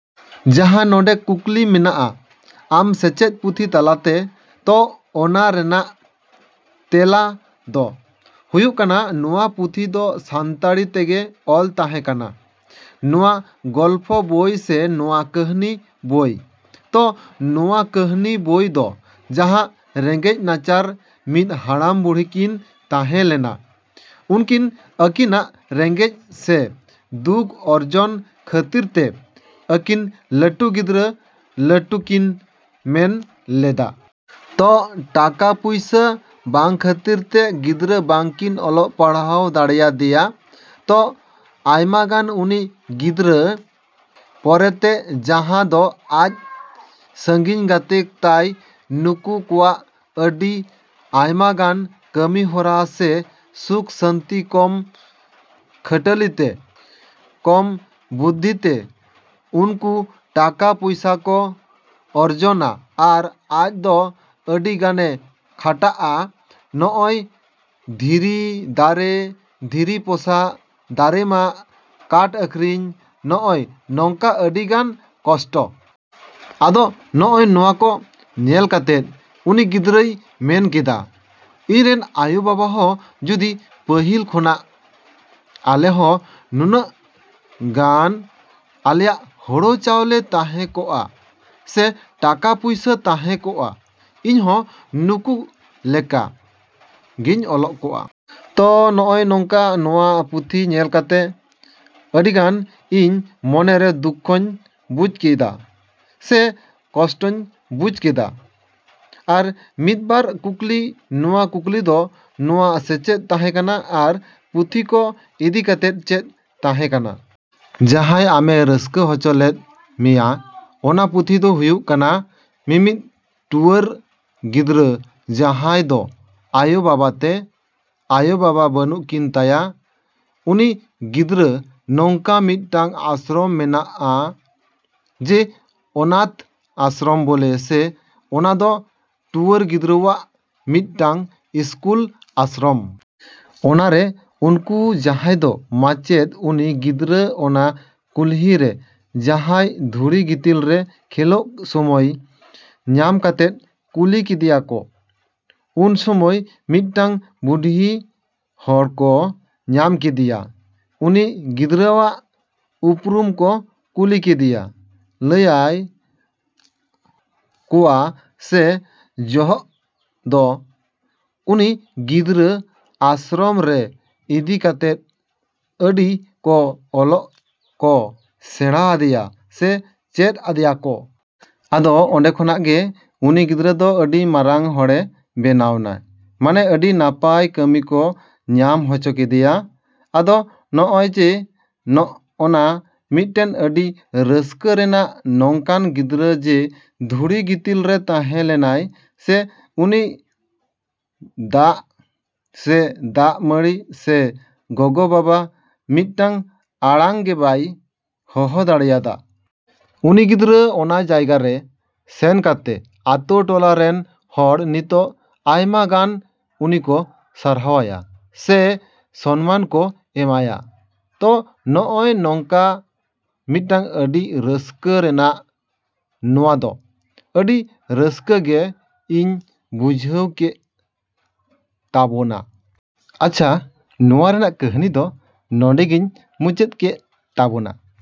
ᱡᱟᱦᱟᱸ ᱱᱚᱰᱮ ᱠᱩᱠᱞᱤ ᱢᱮᱱᱟᱜᱼᱟ ᱟᱢ ᱥᱮᱪᱮᱫ ᱯᱩᱛᱷᱤ ᱛᱟᱞᱟᱛᱮ, ᱛᱚ ᱚᱱᱟ ᱨᱮᱱᱟᱜ ᱛᱮᱞᱟ ᱫᱚ ᱦᱩᱭᱩᱜ ᱠᱟᱱᱟ ᱱᱚᱣᱟ ᱯᱩᱛᱷᱤ ᱫᱚ ᱥᱟᱱᱛᱟᱲᱤ ᱛᱮᱜᱮ ᱚᱞ ᱛᱟᱦᱮᱸ ᱠᱟᱱᱟ, ᱱᱚᱣᱟ ᱜᱚᱞᱯᱷᱚ ᱵᱳᱭ ᱥᱮ ᱱᱚᱣᱟ ᱠᱟᱹᱦᱱᱤ ᱵᱳᱭ᱾ ᱛᱚ ᱱᱚᱣᱟ ᱠᱟᱹᱦᱱᱤ ᱵᱳᱭ ᱫᱚ ᱡᱟᱦᱟᱸ ᱨᱮᱸᱜᱮᱡ ᱱᱟᱪᱟᱨ ᱢᱤᱫ ᱦᱟᱲᱟᱢ ᱵᱩᱰᱷᱤ ᱠᱤᱱ ᱛᱟᱦᱮᱸ ᱞᱮᱱᱟ, ᱩᱱᱠᱤᱱ ᱟᱹᱠᱤᱱᱟᱜ ᱨᱮᱸᱜᱮᱡ ᱥᱮ ᱫᱩᱠ ᱚᱨᱡᱚᱱ ᱠᱷᱟᱹᱛᱤᱨ ᱛᱮ ᱟᱹᱠᱤᱱ ᱞᱟᱹᱴᱩ ᱜᱤᱫᱽᱨᱟᱹ ᱞᱟᱹᱴᱩ ᱠᱤᱱ ᱢᱮᱱ ᱞᱮᱫᱟ᱾ ᱛᱚ ᱴᱟᱠᱟ ᱯᱚᱭᱥᱟ ᱵᱟᱝ ᱠᱷᱟᱹᱛᱤᱨ ᱛᱮ ᱜᱤᱫᱽᱨᱟᱹ ᱵᱟᱝᱠᱤᱱ ᱚᱞᱚᱜ ᱯᱟᱲᱦᱟᱜ ᱫᱟᱲᱮᱭᱟᱫᱮᱭᱟ᱾ ᱛᱚ ᱟᱭᱢᱟᱜᱟᱱ ᱩᱱᱤ ᱜᱤᱫᱽᱨᱟᱹ ᱯᱚᱨᱮᱛᱮ ᱡᱟᱦᱟᱸ ᱫᱚ ᱟᱡ ᱥᱟᱺᱜᱤᱧ ᱜᱟᱛᱮ ᱛᱟᱭ ᱱᱩᱠᱩ ᱠᱚᱣᱟᱜ ᱟᱹᱰᱤ ᱟᱭᱢᱟᱜᱟᱱ ᱠᱟᱹᱢᱤᱦᱚᱨᱟ ᱥᱮ ᱥᱩᱠ ᱥᱟᱱᱛᱤ ᱠᱚᱢ ᱠᱷᱟᱴᱟᱞᱤ ᱛᱮ, ᱠᱚᱢ ᱵᱩᱫᱽᱫᱷᱤᱛᱮ ᱩᱱᱠᱩ ᱴᱟᱠᱟ ᱯᱚᱭᱥᱟᱠᱚ ᱚᱨᱡᱚᱱᱟ ᱟᱨ ᱟᱡ ᱫᱚ ᱟᱹᱰᱤᱜᱟᱱᱮ ᱠᱷᱟᱴᱟᱜᱼᱟ, ᱱᱚᱜᱼᱚᱭ ᱫᱷᱤᱨᱤ ᱫᱟᱨᱮ, ᱫᱷᱤᱨᱤ ᱯᱚᱥᱟᱜ, ᱫᱟᱨᱮᱢᱟᱜ ᱠᱟᱴᱷ ᱟᱹᱠᱷᱨᱤᱧ, ᱱᱚᱜᱼᱚᱭ ᱱᱚᱝᱠᱟ ᱟᱹᱰᱤᱜᱟᱱ ᱠᱚᱥᱴᱚ᱾ ᱟᱫᱚ ᱱᱚᱜᱼᱚᱭ ᱱᱚᱣᱟ ᱠᱚ ᱧᱮᱞ ᱠᱟᱛᱮ ᱩᱱᱤ ᱜᱤᱫᱽᱨᱟᱹᱭ ᱢᱮᱱ ᱠᱮᱫᱟ, "ᱤᱧ ᱨᱮᱱ ᱟᱭᱳ-ᱵᱟᱵᱟ ᱦᱚᱸ ᱡᱩᱫᱤ ᱯᱟᱹᱦᱤᱞ ᱠᱷᱚᱱᱟᱜ ᱟᱞᱮ ᱦᱚᱸ ᱱᱩᱱᱟᱹᱜ ᱜᱟᱱ ᱟᱞᱮᱭᱟᱜ ᱦᱳᱲᱳ ᱪᱟᱣᱞᱮ ᱛᱟᱦᱮᱸ ᱠᱚᱜᱼᱟ ᱥᱮ ᱴᱟᱠᱟ ᱯᱚᱭᱥᱟ ᱛᱟᱦᱮᱸ ᱠᱚᱜᱼᱟ, ᱤᱧᱦᱚᱸ ᱱᱩᱠᱩ ᱞᱮᱠᱟ ᱜᱮᱧ ᱚᱞᱚᱜ ᱠᱚᱜᱼᱟ᱾" ᱛᱚ ᱱᱚᱜᱼᱚᱭ ᱱᱚᱝᱠᱟ ᱱᱚᱣᱟ ᱯᱩᱛᱷᱤᱧᱮᱞ ᱠᱟᱛᱮ ᱟᱹᱰᱤ ᱜᱟᱱ ᱤᱧ ᱢᱚᱱᱮᱨᱮ ᱫᱩᱠᱠᱷᱚᱧ ᱵᱩᱡᱽ ᱠᱮᱫᱟ ᱥᱮ ᱠᱚᱥᱴᱚᱧ ᱵᱩᱡᱽ ᱠᱮᱫᱟ᱾ ᱟᱨ ᱢᱤᱫ ᱵᱟᱨ ᱠᱩᱠᱞᱤ, ᱱᱚᱣᱟ ᱠᱩᱠᱞᱤ ᱫᱚ ᱱᱚᱣᱟ ᱥᱮᱪᱮᱫ ᱛᱟᱦᱮᱸ ᱠᱟᱱᱟ ᱟᱨ ᱯᱩᱛᱷᱤ ᱠᱚ ᱤᱫᱤ ᱠᱟᱛᱮ ᱪᱮᱫ ᱛᱟᱦᱮᱸ ᱠᱟᱱᱟ᱾ ᱡᱟᱦᱟᱸᱭ ᱟᱢᱮ ᱨᱟᱹᱥᱠᱟᱹ ᱦᱚᱪᱚ ᱞᱮᱫ ᱢᱮᱭᱟ ᱚᱱᱟ ᱯᱩᱛᱷᱤ ᱫᱚ ᱦᱩᱭᱩᱜ ᱠᱟᱱᱟ ᱢᱤᱫ ᱢᱤᱫ ᱴᱩᱣᱟᱹᱨ ᱜᱤᱫᱽᱨᱟᱹ ᱡᱟᱦᱟᱸᱭ ᱫᱚ ᱟᱭᱳ-ᱵᱟᱵᱟ ᱛᱮ ᱟᱭᱳ-ᱵᱟᱵᱟ ᱵᱟᱹᱱᱩᱜ ᱠᱤᱱ ᱛᱟᱭᱟ᱾ ᱩᱱᱤ ᱜᱤᱫᱽᱨᱟᱹ ᱱᱚᱝᱠᱟ ᱢᱤᱫᱴᱟᱝ ᱟᱥᱨᱚᱢ ᱢᱮᱱᱟᱜᱼᱟ, ᱡᱮ ᱚᱱᱟᱛᱷ ᱟᱥᱨᱚᱢ ᱵᱚᱞᱮ ᱥᱮ ᱚᱱᱟᱫᱚ ᱴᱩᱣᱟᱹᱨ ᱜᱤᱫᱽᱨᱟᱹᱣᱟᱜ ᱢᱤᱫᱴᱟᱝ ᱤᱥᱠᱩᱞ ᱟᱥᱨᱚᱢ᱾ ᱚᱱᱟᱨᱮ ᱩᱱᱠᱩ ᱡᱟᱦᱟᱭ ᱫᱚ ᱢᱟᱪᱮᱫ ᱩᱱᱤ ᱜᱤᱫᱽᱨᱟᱹ ᱚᱱᱟ ᱠᱩᱞᱦᱤ ᱨᱮ ᱡᱟᱦᱟᱸ ᱫᱷᱩᱲᱤ ᱜᱤᱛᱤᱞ ᱨᱮ ᱠᱷᱮᱞᱳᱜ ᱥᱚᱢᱚᱭ ᱧᱟᱢ ᱠᱟᱛᱮ ᱠᱩᱞᱤ ᱠᱮᱫᱮᱭᱟᱠᱚ, ᱩᱱ ᱥᱚᱢᱚᱭ ᱢᱤᱫᱴᱟᱝ ᱵᱩᱰᱷᱤ ᱦᱚᱲ ᱠᱚ ᱧᱟᱢ ᱠᱮᱫᱮᱭᱟ᱾ ᱩᱱᱤ ᱜᱤᱫᱽᱨᱟᱹᱣᱟᱜ ᱩᱯᱨᱩᱢ ᱠᱚ ᱠᱩᱞᱤ ᱠᱮᱫᱮᱭᱟ, ᱞᱟᱹᱭᱟᱜ ᱠᱚᱣᱟᱭ ᱥᱮᱭ ᱡᱚᱦᱚᱜ ᱫᱚ ᱩᱱᱤ ᱜᱤᱫᱽᱨᱟᱹ ᱟᱥᱨᱚᱢ ᱨᱮ ᱤᱫᱤ ᱠᱟᱛᱮ ᱟᱹᱰᱤ ᱠᱚ ᱚᱞᱚᱜ ᱠᱚ ᱥᱮᱬᱟ ᱟᱫᱮᱭᱟ ᱥᱮ ᱪᱮᱫ ᱟᱫᱮᱭᱟᱠᱚ᱾ ᱟᱫᱚ ᱚᱸᱰᱮ ᱠᱷᱚᱱᱟᱜ ᱜᱮ ᱩᱱᱤ ᱜᱤᱫᱽᱨᱟᱹ ᱫᱚ ᱟᱹᱰᱤ ᱢᱟᱨᱟᱝ ᱦᱚᱲᱮ ᱵᱮᱱᱟᱣᱱᱟ, ᱢᱟᱱᱮ ᱟᱹᱰᱤ ᱱᱟᱯᱟᱭ ᱠᱟᱹᱢᱤ ᱠᱚ ᱧᱟᱢ ᱦᱚᱪᱚ ᱠᱮᱫᱮᱭᱟ᱾ ᱟᱫᱚ ᱱᱚᱜᱼᱚᱭ ᱡᱮ ᱱᱚᱜᱼᱚᱱᱟ ᱢᱤᱫᱴᱮᱱ ᱟᱹᱰᱤ ᱨᱟᱹᱥᱠᱟᱹ ᱨᱮᱱᱟᱜ ᱱᱚᱝᱠᱟᱱ ᱜᱤᱫᱽᱨᱟᱹ ᱡᱮ ᱫᱷᱩᱲᱤ ᱜᱤᱛᱤᱞ ᱨᱮ ᱛᱟᱦᱮᱸ ᱞᱮᱱᱟᱭ ᱥᱮ ᱩᱱᱤ ᱫᱟᱜ ᱥᱮ ᱫᱟᱜ ᱢᱟᱹᱲᱤ ᱥᱮ ᱜᱚᱜᱚᱼᱵᱟᱵᱟ ᱢᱤᱫᱴᱟᱝ ᱟᱲᱟᱝ ᱜᱮᱵᱟᱭ ᱦᱚᱦᱚ ᱫᱟᱲᱮᱭᱟᱫᱟᱭ᱾ ᱩᱱᱤ ᱜᱤᱫᱽᱨᱟᱹ ᱚᱱᱟ ᱡᱟᱭᱜᱟᱨᱮ ᱥᱮᱱ ᱠᱟᱛᱮ ᱟᱛᱳ ᱴᱚᱞᱟ ᱨᱮᱱ ᱦᱚᱲ ᱱᱤᱛᱚᱜ ᱟᱭᱢᱟ ᱜᱟᱱ ᱩᱱᱤ ᱠᱚ ᱥᱟᱨᱦᱟᱣᱭᱟ ᱥᱮ ᱥᱚᱱᱢᱟᱱ ᱠᱚ ᱮᱢᱟᱭᱟ᱾ ᱛᱚ ᱱᱚᱜᱼᱚᱭ ᱱᱚᱝᱠᱟ ᱢᱤᱫᱴᱟᱝ ᱟᱹᱰᱤ ᱨᱟᱹᱥᱠᱟᱹ ᱨᱮᱱᱟᱜ ᱱᱚᱣᱟᱫᱚ ᱟᱹᱰᱤ ᱨᱟᱹᱥᱠᱟᱹ ᱜᱮ ᱤᱧ ᱵᱩᱡᱷᱟᱹᱣ ᱠᱮᱜ ᱛᱟᱵᱳᱱᱟ᱾ ᱟᱪᱪᱷᱟ ᱱᱚᱣᱟ ᱨᱮᱱᱟᱜ ᱠᱟᱹᱦᱱᱤ ᱫᱚ ᱱᱚᱸᱰᱮ ᱜᱮᱧ ᱢᱩᱪᱟᱹᱫ ᱠᱮᱜ ᱛᱟᱵᱳᱱᱟ᱾।